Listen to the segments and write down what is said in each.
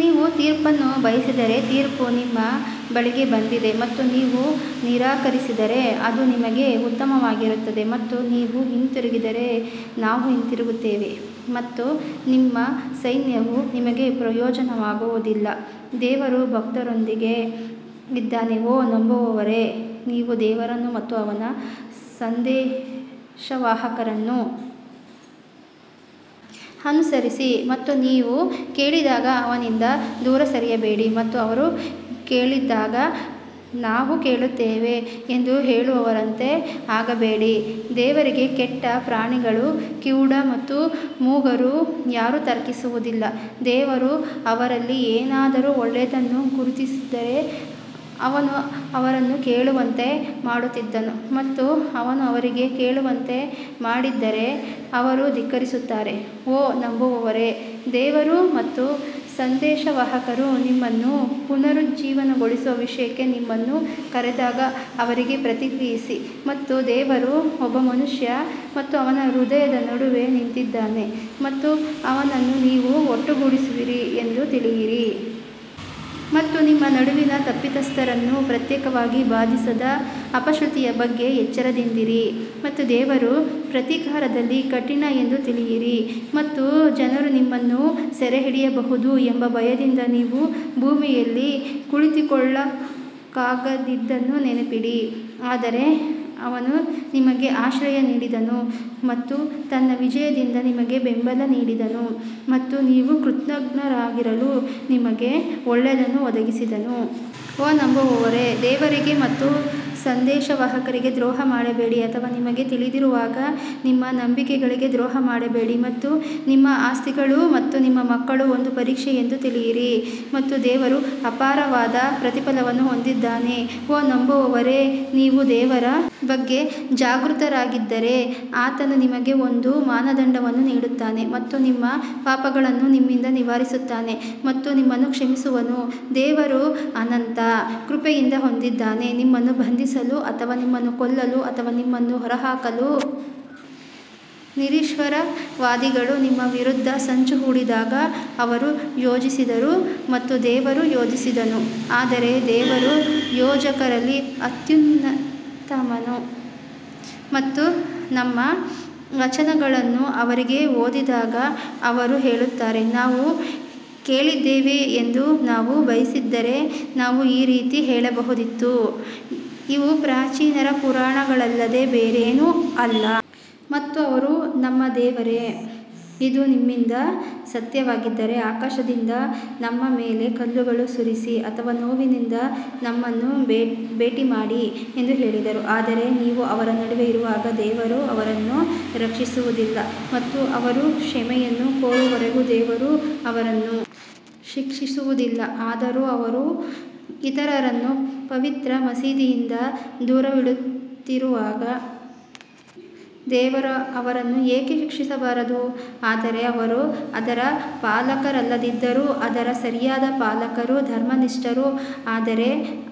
ನೀವು ತೀರ್ಪನ್ನು ಬಯಸಿದರೆ ತೀರ್ಪು ನಿಮ್ಮ ಬಳಿಗೆ ಬಂದಿದೆ ಮತ್ತು ನೀವು ನಿರಾಕರಿಸಿದರೆ ಅದು ನಿಮಗೆ ಉತ್ತಮವಾಗಿರುತ್ತದೆ ಮತ್ತು ನೀವು ಹಿಂತಿರುಗಿದರೆ ನಾವು ಹಿಂತಿರುಗುತ್ತೇವೆ ಮತ್ತು ನಿಮ್ಮ ಸೈನ್ಯವು ನಿಮಗೆ ಪ್ರಯೋಜನವಾಗುವುದಿಲ್ಲ ದೇವರು ಭಕ್ತರೊಂದಿಗೆ ಇದ್ದಾನೆ ಓ ನಂಬುವವರೇ ನೀವು ದೇವರನ್ನು ಮತ್ತು ಅವನ ಸಂದೇಶವಾಹಕರನ್ನು ಅನುಸರಿಸಿರಿ ಮತ್ತು ನೀವು ಕೇಳಿದಾಗ ಅವನಿಂದ ದೂರ ಸರಿಯಬೇಡಿ ಮತ್ತು ಅವರು ಕೇಳದಿದ್ದಾಗ ನಾವು ಕೇಳುತ್ತೇವೆ ಎಂದು ಹೇಳುವವರಂತೆ ಆಗಬೇಡಿ ದೇವರಿಗೆ ಕೆಟ್ಟ ಪ್ರಾಣಿಗಳು ಕಿವುಡ ಮತ್ತು ಮೂಗರು ಯಾರು ತರ್ಕಿಸುವುದಿಲ್ಲ ದೇವರು ಅವರಲ್ಲಿ ಏನಾದರೂ ಒಳ್ಳೆಯದನ್ನು ಗುರುತಿಸಿದ್ದರೆ ಅವನು ಅವರನ್ನು ಕೇಳುವಂತೆ ಮಾಡುತ್ತಿದ್ದನು ಮತ್ತು ಅವನು ಅವರಿಗೆ ಕೇಳುವಂತೆ ಮಾಡಿದ್ದರೆ ಅವರು ಧಿಕ್ಕರಿಸುತ್ತಾರೆ ಓ ನಂಬುವವರೇ, ದೇವರು ಮತ್ತು ಸಂದೇಶವಾಹಕರು ನಿಮ್ಮನ್ನು ಪುನರುಜ್ಜೀವನಗೊಳಿಸುವ ವಿಷಯಕ್ಕೆ ನಿಮ್ಮನ್ನು ಕರೆದಾಗ ಅವರಿಗೆ ಪ್ರತಿಕ್ರಿಯಿಸಿ ಮತ್ತು ದೇವರು ಒಬ್ಬ ಮನುಷ್ಯ ಮತ್ತು ಅವನ ಹೃದಯದ ನಡುವೆ ನಿಂತಿದ್ದಾನೆ ಮತ್ತು ಅವನನ್ನು ನೀವು ಒಟ್ಟುಗೂಡಿಸುವಿರಿ ಎಂದು ತಿಳಿಯಿರಿ. ಮತ್ತು ನಿಮ್ಮ ನಡುವಿನ ತಪ್ಪಿತಸ್ಥರನ್ನು ಪ್ರತ್ಯೇಕವಾಗಿ ಬಾಧಿಸದ ಅಪಶ್ರುತಿಯ ಬಗ್ಗೆ ಎಚ್ಚರದಿಂದಿರಿ ಮತ್ತು ದೇವರು ಪ್ರತೀಕಾರದಲ್ಲಿ ಕಠಿಣ ಎಂದು ತಿಳಿಯಿರಿ. ಮತ್ತು ಜನರು ನಿಮ್ಮನ್ನು ಸೆರೆಹಿಡಿಯಬಹುದು ಎಂಬ ಭಯದಿಂದ ನೀವು ಭೂಮಿಯಲ್ಲಿ ತುಳಿತಕ್ಕೊಳಗಾಗಿದ್ದನ್ನು ನೆನಪಿಡಿ ಆದರೆ ಅವನು ನಿಮಗೆ ಆಶ್ರಯ ನೀಡಿದನು ಮತ್ತು ತನ್ನ ವಿಜಯದಿಂದ ನಿಮಗೆ ಬೆಂಬಲ ನೀಡಿದನು ಮತ್ತು ನೀವು ಕೃತಜ್ಞರಾಗಿರಲು ನಿಮಗೆ ಒಳ್ಳೆಯದನ್ನು ಒದಗಿಸಿದನು. ಓ ನಂಬುವವರೇ, ದೇವರಿಗೆ ಮತ್ತು ಸಂದೇಶವಾಹಕರಿಗೆ ದ್ರೋಹ ಮಾಡಬೇಡಿ ಅಥವಾ ನಿಮಗೆ ತಿಳಿದಿರುವಾಗ ನಿಮ್ಮ ನಂಬಿಕೆಗಳಿಗೆ ದ್ರೋಹ ಮಾಡಬೇಡಿ ಮತ್ತು ನಿಮ್ಮ ಆಸ್ತಿಗಳು ಮತ್ತು ನಿಮ್ಮ ಮಕ್ಕಳು ಒಂದು ಪರೀಕ್ಷೆ ಎಂದು ತಿಳಿಯಿರಿ ಮತ್ತು ದೇವರು ಅಪಾರವಾದ ಪ್ರತಿಫಲವನ್ನು ಹೊಂದಿದ್ದಾನೆ ಓ ನಂಬುವವರೇ ನೀವು ದೇವರ ಬಗ್ಗೆ ಜಾಗೃತರಾಗಿದ್ದರೆ ಆತನು ನಿಮಗೆ ಒಂದು ಮಾನದಂಡವನ್ನು ನೀಡುತ್ತಾನೆ ಮತ್ತು ನಿಮ್ಮ ಪಾಪಗಳನ್ನು ನಿಮ್ಮಿಂದ ನಿವಾರಿಸುತ್ತಾನೆ ಮತ್ತು ನಿಮ್ಮನ್ನು ಕ್ಷಮಿಸುವನು ದೇವರು ಅನಂತ ಕೃಪೆಯನ್ನು ಹೊಂದಿದ್ದಾನೆ ನಿಮ್ಮನ್ನು ಬಂಧಿಸಲು ಅಥವಾ ನಿಮ್ಮನ್ನು ಕೊಲ್ಲಲು ಅಥವಾ ನಿಮ್ಮನ್ನು ಹೊರಹಾಕಲು ನಿರೀಶ್ವರವಾದಿಗಳು ನಿಮ್ಮ ವಿರುದ್ಧ ಸಂಚು ಹೂಡಿದಾಗ ಅವರು ಯೋಜಿಸಿದರು ಮತ್ತು ದೇವರು ಯೋಜಿಸಿದನು ಆದರೆ ದೇವರು ಯೋಜಕರಲ್ಲಿ ಅತ್ಯುತ್ತಮನು ಮತ್ತು ನಮ್ಮ ವಚನಗಳನ್ನು ಅವರಿಗೆ ಓದಿದಾಗ ಅವರು ಹೇಳುತ್ತಾರೆ, ನಾವು ಕೇಳಿದ್ದೇವೆ ಎಂದು ನಾವು ಬಯಸಿದ್ದರೆ ನಾವು ಈ ರೀತಿ ಹೇಳಬಹುದಿತ್ತು, ಇವು ಪ್ರಾಚೀನರ ಪುರಾಣಗಳಲ್ಲದೆ ಬೇರೇನೂ ಅಲ್ಲ. ಮತ್ತು ಅವರು ನಮ್ಮ ದೇವರೇ, ಇದು ನಿಮ್ಮಿಂದ ಸತ್ಯವಾಗಿದ್ದರೆ ಆಕಾಶದಿಂದ ನಮ್ಮ ಮೇಲೆ ಕಲ್ಲುಗಳನ್ನು ಸುರಿಸಿ ಅಥವಾ ನೋವಿನಿಂದ ನಮ್ಮನ್ನು ಭೇಟಿ ಮಾಡಿ ಎಂದು ಹೇಳಿದರು. ಆದರೆ ನೀವು ಅವರ ನಡುವೆ ಇರುವಾಗ ದೇವರು ಅವರನ್ನು ಶಿಕ್ಷಿಸುವುದಿಲ್ಲ ಮತ್ತು ಅವರು ಕ್ಷಮೆಯನ್ನು ಕೋರುವವರೆಗೂ ದೇವರು ಅವರನ್ನು ಶಿಕ್ಷಿಸುವುದಿಲ್ಲ ಆದರೂ ಅವರು ಇತರರನ್ನು ಪವಿತ್ರ ಮಸೀದಿಯಿಂದ ದೂರವಿಡುತ್ತಿರುವಾಗ ದೇವರು ಅವರನ್ನು ಏಕೆ ಶಿಕ್ಷಿಸಬಾರದು ಆದರೆ ಅವರು ಅದರ ಪಾಲಕರಲ್ಲದಿದ್ದರೂ ಅದರ ಸರಿಯಾದ ಪಾಲಕರು ಧರ್ಮನಿಷ್ಠರು ಆದರೆ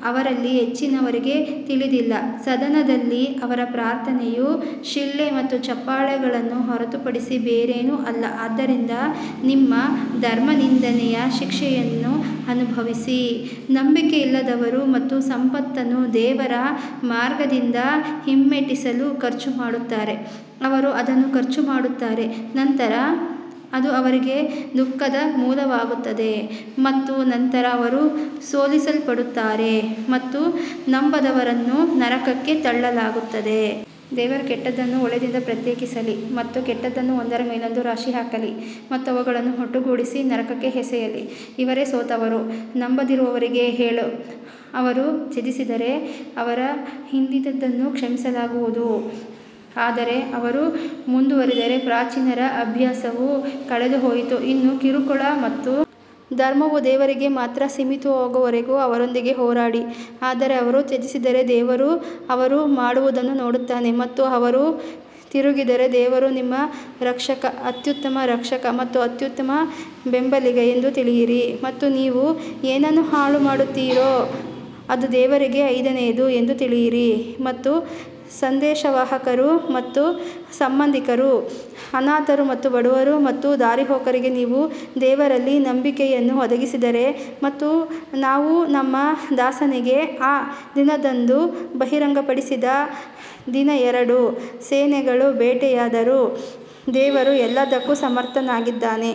ಅವರಲ್ಲಿ ಹೆಚ್ಚಿನವರಿಗೆ ತಿಳಿದಿಲ್ಲ ಸದನದಲ್ಲಿ ಅವರ ಪ್ರಾರ್ಥನೆಯು ಶಿಳ್ಳೆ ಮತ್ತು ಚಪ್ಪಾಳೆಗಳನ್ನು ಹೊರತುಪಡಿಸಿ ಬೇರೇನೂ ಅಲ್ಲ ಆದ್ದರಿಂದ ನಿಮ್ಮ ಧರ್ಮನಿಂದೆಯ ಶಿಕ್ಷೆಯನ್ನು ಅನುಭವಿಸಿ ನಂಬಿಕೆಯಿಲ್ಲದವರು ತಮ್ಮ ಸಂಪತ್ತನ್ನು ದೇವರ ಮಾರ್ಗದಿಂದ ಹಿಮ್ಮೆಟ್ಟಿಸಲು ಖರ್ಚು ಮಾಡುತ್ತಾರೆ ಅವರು ಅದನ್ನು ಖರ್ಚು ಮಾಡುತ್ತಾರೆ ನಂತರ ಅದು ಅವರಿಗೆ ದುಃಖದ ಮೂಲವಾಗುತ್ತದೆ ಮತ್ತು ನಂತರ ಅವರು ಸೋಲಿಸಲ್ಪಡುತ್ತಾರೆ ಮತ್ತು ನಂಬದವರನ್ನು ನರಕಕ್ಕೆ ತಳ್ಳಲಾಗುತ್ತದೆ. ದೇವರು ಕೆಟ್ಟದ್ದನ್ನು ಒಳ್ಳೆಯದರಿಂದ ಪ್ರತ್ಯೇಕಿಸಲಿ ಮತ್ತು ಕೆಟ್ಟದ್ದನ್ನು ಒಂದರ ಮೇಲೊಂದು ರಾಶಿ ಹಾಕಲಿ ಮತ್ತು ಅವುಗಳನ್ನು ಒಟ್ಟುಗೂಡಿಸಿ ನರಕಕ್ಕೆ ಎಸೆಯಲಿ ಇವರೇ ಸೋತವರು ನಂಬದಿರುವವರಿಗೆ ಹೇಳು ಅವರು ತ್ಯಜಿಸಿದರೆ ಅವರ ಹಿಂದಿನದನ್ನು ಕ್ಷಮಿಸಲಾಗುವುದು ಆದರೆ ಅವರು ಮುಂದುವರಿದರೆ ಪ್ರಾಚೀನರ ಅಭ್ಯಾಸವು ಕಳೆದುಹೋಯಿತು ಇನ್ನು ಕಿರುಕುಳ ಮತ್ತು ಧರ್ಮವು ದೇವರಿಗೆ ಮಾತ್ರ ಸೀಮಿತವಾಗುವವರೆಗೆ ಅವರೊಂದಿಗೆ ಹೋರಾಡಿ ಆದರೆ ಅವರು ತ್ಯಜಿಸಿದರೆ ದೇವರು ಅವರು ಮಾಡುವುದನ್ನು ನೋಡುತ್ತಾನೆ ಮತ್ತು ಅವರು ತಿರುಗಿದರೆ ದೇವರು ನಿಮ್ಮ ರಕ್ಷಕ ಅತ್ಯುತ್ತಮ ರಕ್ಷಕ ಮತ್ತು ಅತ್ಯುತ್ತಮ ಬೆಂಬಲಿಗ ಎಂದು ತಿಳಿಯಿರಿ ಮತ್ತು ನೀವು ಏನನ್ನು ಹಾಳುಮಾಡುತ್ತೀರೋ ಅದು ದೇವರಿಗೆ ಐದನೆಯದು ಎಂದು ತಿಳಿಯಿರಿ ಮತ್ತು ಸಂದೇಶವಾಹಕರು ಮತ್ತು ಸಂಬಂಧಿಕರು, ಅನಾಥರು ಮತ್ತು ಬಡವರು ಮತ್ತು ದಾರಿಹೋಕರಿಗೆ ನೀವು ದೇವರಲ್ಲಿ ನಂಬಿಕೆಯನ್ನು ಒದಗಿಸಿದರೆ ಮತ್ತು ನಾವು ನಮ್ಮ ದಾಸನಿಗೆ ಆ ದಿನದಂದು ಬಹಿರಂಗಪಡಿಸಿದ ದಿನ ಎರಡು ಸೇನೆಗಳು ಭೇಟಿಯಾದರು ದೇವರು ಎಲ್ಲದಕ್ಕೂ ಸಮರ್ಥನಾಗಿದ್ದಾನೆ.